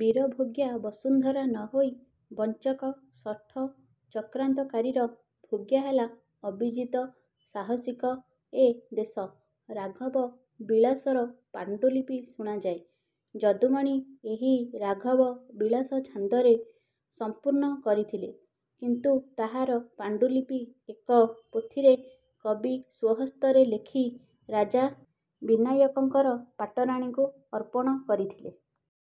ବୀରଭୋଗ୍ୟା ବସୁନ୍ଧରା ନ ହୋଇ ବଞ୍ଚକ, ଶଠ, ଚକ୍ରାନ୍ତକାରୀର ଭୋଗ୍ୟା ହେଲା ଅବିଜିତ, ସାହସିକ ଏ ଦେଶ। ରାଘବ ବିଳାସର ପାଣ୍ଡୁଲିପି ଶୁଣାଯାଏ ଯଦୁମଣି ଏହି ରାଘବ ବିଳାସ ଛାନ୍ଦରେ ସମ୍ପୂର୍ଣ୍ଣ କରିଥିଲେ। କିନ୍ତୁ ତାହାର ପାଣ୍ଡୁଲିପି ଏକ ପୋଥିରେ କବି ସ୍ୱହସ୍ତରେ ଲେଖି ରାଜା ବିନାୟକଙ୍କର ପାଟରାଣୀଙ୍କୁ ଅର୍ପଣ କରିଥିଲେ।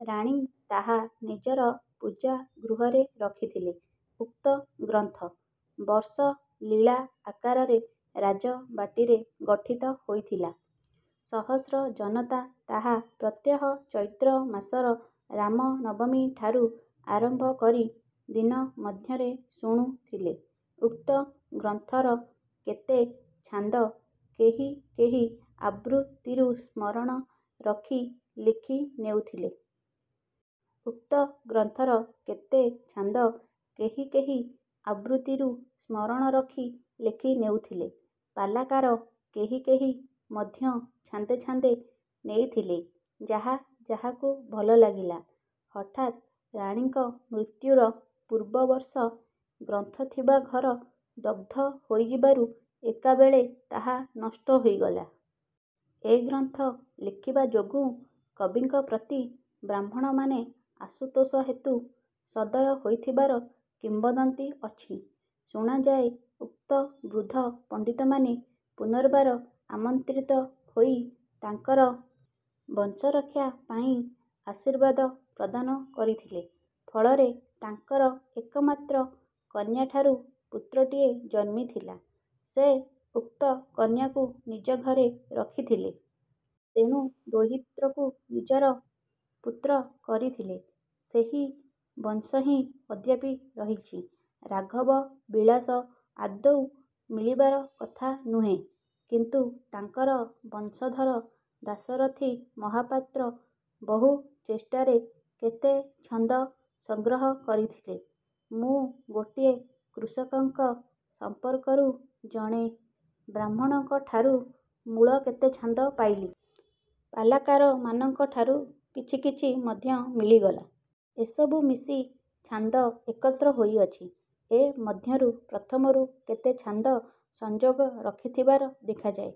ରାଣୀ ତାହା ନିଜର ପୂଜା ଗୃହରେ ରଖିଥିଲେ। ଉକ୍ତ ଗ୍ରନ୍ଥ। ବର୍ଷ ଲୀଳା ଆକାରରେ ରାଜବାଟୀରେ ଗଠିତ ହୋଇଥିଲା। ସହସ୍ର ଜନତା ତାହା ପ୍ରତ୍ୟହ ଚୈତ୍ର ମାସର ରାମନବମୀଠାରୁ ଆରମ୍ଭ କରି ଦିନମଧ୍ୟରେ ଶୁଣୁଥିଲେ। ଉକ୍ତ ଗ୍ରନ୍ଥର କେତେ ଛାନ୍ଦ କେହି କେହି ଆବୃତ୍ତିରୁ ସ୍ମରଣ ରଖି ଲେଖି ନେଉଥିଲେ। ଉକ୍ତ ଗ୍ରନ୍ଥର କେତେ ଛାନ୍ଦ କେହି କେହି ଆବୃତ୍ତିରୁ ସ୍ମରଣ ରଖି ଲେଖି ନେଉଥିଲେ। ପାଲାକାର କେହି କେହି ମଧ୍ୟ ଛାନ୍ଦେ ଛାନ୍ଦେ ନେଇଥିଲେ- ଯାହା ଯାହାକୁ ଭଲ ଲାଗିଲା। ହଠାତ୍ ରାଣୀଙ୍କ ମୃତ୍ୟୁର ପୂର୍ବ ବର୍ଷ ଗ୍ରନ୍ଥ ଥିବା ଘର ଦଗ୍ଧ ହୋଇଯିବାରୁ ଏକାବେଳେ ତାହା ନଷ୍ଟ ହୋଇଗଲା। ଏ ଗ୍ରନ୍ଥ ଲେଖିବା ଯୋଗୁଁ କବିଙ୍କ ପ୍ରତି ବ୍ରାହ୍ମଣମାନେ ଆଶୁତୋଷ ହେତୁ ସଦୟ ହୋଇଥିବାର କିମ୍ବଦନ୍ତୀ ଅଛି। ଶୁଣାଯାଏ ଉକ୍ତ ବୃଦ୍ଧ ପଣ୍ଡିତମାନେ ପୁନର୍ବାର ଆମନ୍ତ୍ରିତ ହୋଇ ତାଙ୍କର ବଂଶରକ୍ଷା ପାଇଁ ଆଶୀର୍ବାଦ ପ୍ରଦାନ କରିଥିଲେ। ଫଳରେ ତାଙ୍କର ଏକମାତ୍ର କନ୍ୟାଠାରୁ ପୁତ୍ରଟିଏ ଜନ୍ମିଥିଲା। ସେ ଉକ୍ତ କନ୍ୟାକୁ ନିଜ ଘରେ ରଖିଥିଲେ। ତେଣୁ ଦୌହିତ୍ରକୁ ନିଜର ପୁତ୍ର କରିଥିଲେ। ସେହି ବଂଶ ହିଁ ଅଦ୍ୟାପି ରହିଛି। ରାଘବ ବିଳାସ ଆଦୌ ମିଳିବାର କଥା ନୁହେଁ। କିନ୍ତୁ ତାଙ୍କର ବଂଶଧର ଦାଶରଥି ମହାପାତ୍ର ବହୁ ଚେଷ୍ଟାରେ କେତେ ଛନ୍ଦ ସଂଗ୍ରହ କରିଥିଲେ। ମୁଁ ଗୋଟିଏ କୃଷକଙ୍କ ସଂପର୍କରୁ ଜଣେ ବ୍ରାହ୍ମଣଙ୍କଠାରୁ ମୂଳ କେତେ ଛାନ୍ଦ ପାଇଲି, ପାଲାକାରମାନଙ୍କଠାରୁ କିଛି କିଛି ମଧ୍ୟ ମିଳିଗଲା-। ଏସବୁ ମିଶି ଛାନ୍ଦ ଏକତ୍ର ହୋଇଅଛି। ଏ ମଧ୍ୟରୁ ପ୍ରଥମରୁ କେତେ ଛାନ୍ଦ ସଂଯୋଗ ରଖିଥିବାର ଦେଖାଯାଏ।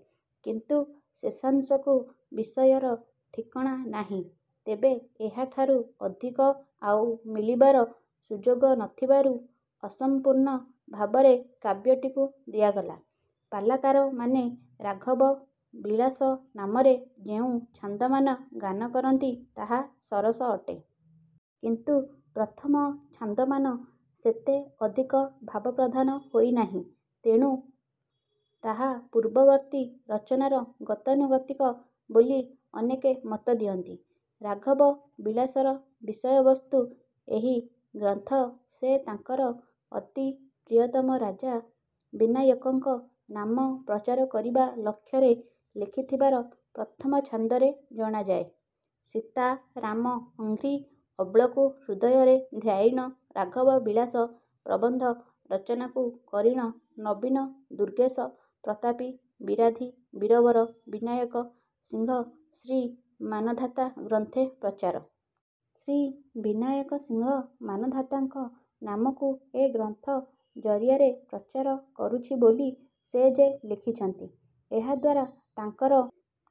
କିନ୍ତୁ ଶେଷାଂଶକୁ ବିଷୟର ଠିକଣା ନାହିଁ। ତେବେ ଏହାଠାରୁ ଅଧିକ ଆଉ ମିଳିବାର ସୁଯୋଗ ନ ଥିବାରୁ ଅସଂପୂର୍ଣ୍ଣ ଭାବରେ କାବ୍ୟଟିକୁ ଦିଆଗଲା। ପାଲାକାରମାନେ ରାଘବ ବିଳାସ ନାମରେ ଯେଉଁ ଛାନ୍ଦମାନ ଗାନ କରନ୍ତି ତାହା ସରସ ଅଟେ। କିନ୍ତୁ ପ୍ରଥମ ଛାନ୍ଦମାନ ସେତେ ଅଧିକ ଭାବପ୍ରଧାନ ହୋଇ ନାହିଁ। ତେଣୁ ତାହା ପୂର୍ବବର୍ତ୍ତୀ ରଚନାର ଗତାନୁଗତିକ ବୋଲି ଅନେକେ ମତଦିଅନ୍ତି। ରାଘବ ବିଳାସର ବିଷୟବସ୍ତୁ ଏହି ଗ୍ରନ୍ଥ ସେ ତାଙ୍କର ଅତି ପ୍ରିୟତମ ରାଜା ବିନାୟକଙ୍କ ନାମ ପ୍ରଚାର କରିବା ଲକ୍ଷ୍ୟରେ ଲେଖିଥିବାର ପ୍ରଥମ ଛାନ୍ଦରେ ଜଣାଯାଏ- ସୀତା ରାମ ଅଂଘ୍ରି, ଅବ୍ଳକୁ ହୃଦୟରେ ଧ୍ୟାୟିଣ ରାଘବ ବିଳାସ ପ୍ରବନ୍ଧ ରଚନାକୁ କରିଣ ନବୀନ ଦୁର୍ଗେଶ ପ୍ରତାପୀ ବିରାଧି ବୀରବର ବିନାୟକ ସିଂହ ଶ୍ରୀ ମାନଧାତା ଗ୍ରନ୍ଥେ ପ୍ରଚାର। ଶ୍ରୀ ବିନାୟକ ସିଂହ ମାନଧାତାଙ୍କ ନାମକୁ ଏ ଗ୍ରନ୍ଥ ଜରିଆରେ ପ୍ରଚାର କରୁଛି ବୋଲି ସେ ଯେ ଲେଖିଛନ୍ତି, ଏହାଦ୍ୱାରା ତାଙ୍କର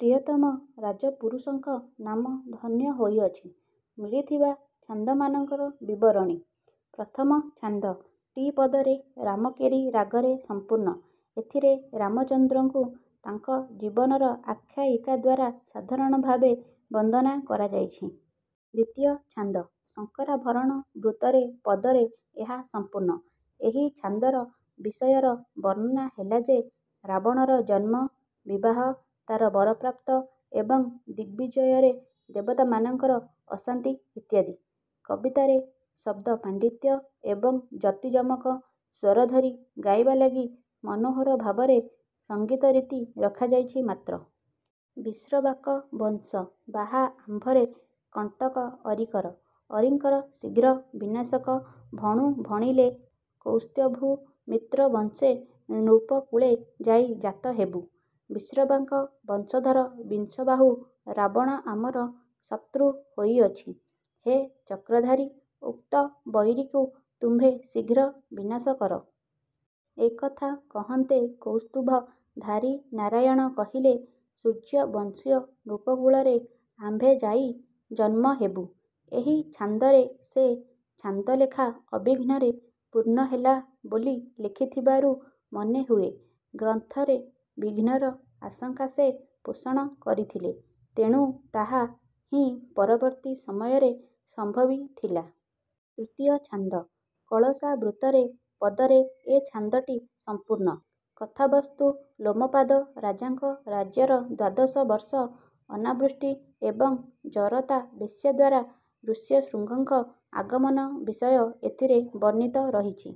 ପ୍ରିୟତମ ରାଜପୁରୁଷଙ୍କ ନାମ ଧନ୍ୟ ହୋଇଅଛି। ମିଳିଥିବା ଛାନ୍ଦମାନଙ୍କର ବିବରଣୀ- ପ୍ରଥମ ଛାନ୍ଦ- ଟି ପଦରେ ରାମକେରି ରାଗରେ ସମ୍ପୂର୍ଣ୍ଣ। ଏଥିରେ ରାମଚନ୍ଦ୍ରଙ୍କୁ ତାଙ୍କ ଜୀବନର ଆଖ୍ୟାୟିକାଦ୍ୱାରା ସାଧାରଣଭାବେ ବନ୍ଦନା କରାଯାଇଛି। ଦ୍ୱିତୀୟ ଛାନ୍ଦ- ଶଙ୍କରାଭରଣ ବୃତ୍ତରେ ପଦରେ ଏହା ସମ୍ପୂର୍ଣ୍ଣ। ଏହି ଛାନ୍ଦର ବିଷୟର ବର୍ଣ୍ଣନା ହେଲା ଯେ ରାବଣର ଜନ୍ମ, ବିବାହ, ତାର ବରପ୍ରାପ୍ତ ଏବଂ ଦିଗବିଜୟରେ ଦେବତାମାନଙ୍କର ଅଶାନ୍ତି ଇତ୍ୟାଦି। କବିତାରେ ଶବ୍ଦପାଣ୍ଡିତ୍ୟ ଏବଂ ଯତି ଯମକ, ସ୍ୱରଧରି ଗାଇବା ଲାଗି ମନୋହର ଭାବରେ ସଂଗୀତରୀତି ରଖାଯାଇଛି ମାତ୍ର। ବିଶ୍ରବାକ ବଂଶ ବାହା ଆମ୍ଭରେ କଣ୍ଟକ ଅରି କର! ଅରିଙ୍କର ଶ୍ରୀଘ୍ର ବିନାଶକ, ଭଣୁ ଭଣିଲେ କୌସ୍ତ୍ୱଭୂ ମିତ୍ର ବଂଶେ ନୃପକୁଳେ ଯାଇ ଜାତ ହେବୁ। ବିଶ୍ରବାଙ୍କ ବଂଶଧର ବିଂଶବାହୁ ରାବଣ ଆମର ଶତ୍ରୁ ହୋଇଅଛି। ହେ ଚକ୍ରଧାରୀ! ଉକ୍ତ ବୈରୀକୁ ତୁମ୍ଭେ ଶୀଘ୍ର ବିନାଶ କର। ଏ କଥା କହନ୍ତେ କୌସ୍ତୁଭ−ଧାରୀ ନାରାୟଣ କହିଲେ, ସୂର୍ୟ୍ୟବଂଶୀୟ ନୃପକୁଳରେ ଆମ୍ଭେ ଯାଇ ଜନ୍ମ ହେବୁ। ଏହି ଛାନ୍ଦରେ ସେ ଛାନ୍ଦଲେଖା ଅବିଘ୍ନରେ ପୂର୍ଣ୍ଣ ହେଲା ବୋଲି ଲେଖିଥିବାରୁ ମନେ ହୁଏ ଗ୍ରନ୍ଥରେ ବିଘ୍ନର ଆଶଙ୍କା ସେ ପୋଷଣ କରିଥିଲେ। ତେଣୁ ତାହା ହିଁ ପରବର୍ତ୍ତୀ ସମୟରେ ସମ୍ଭବିଥିଲା। ତୃତୀୟ ଛାନ୍ଦ-କଳସା ବୃତ୍ତରେ ପଦରେ ଏ ଛାନ୍ଦଟି ସଂପୂର୍ଣ୍ଣ। କଥାବସ୍ତୁ-ଲୋମପାଦ ରାଜାଙ୍କ ରାଜ୍ୟର ଦ୍ୱାଦଶ ବର୍ଷ ଅନାବୃଷ୍ଟି ଏବଂ ଜରତା ବେଶ୍ୟାଦ୍ୱାରା ଋଷ୍ୟଶୃଙ୍ଗଙ୍କ ଆଗମନ ବିଷୟ ଏଥିରେ ବର୍ଣ୍ଣିତ ରହିଛି।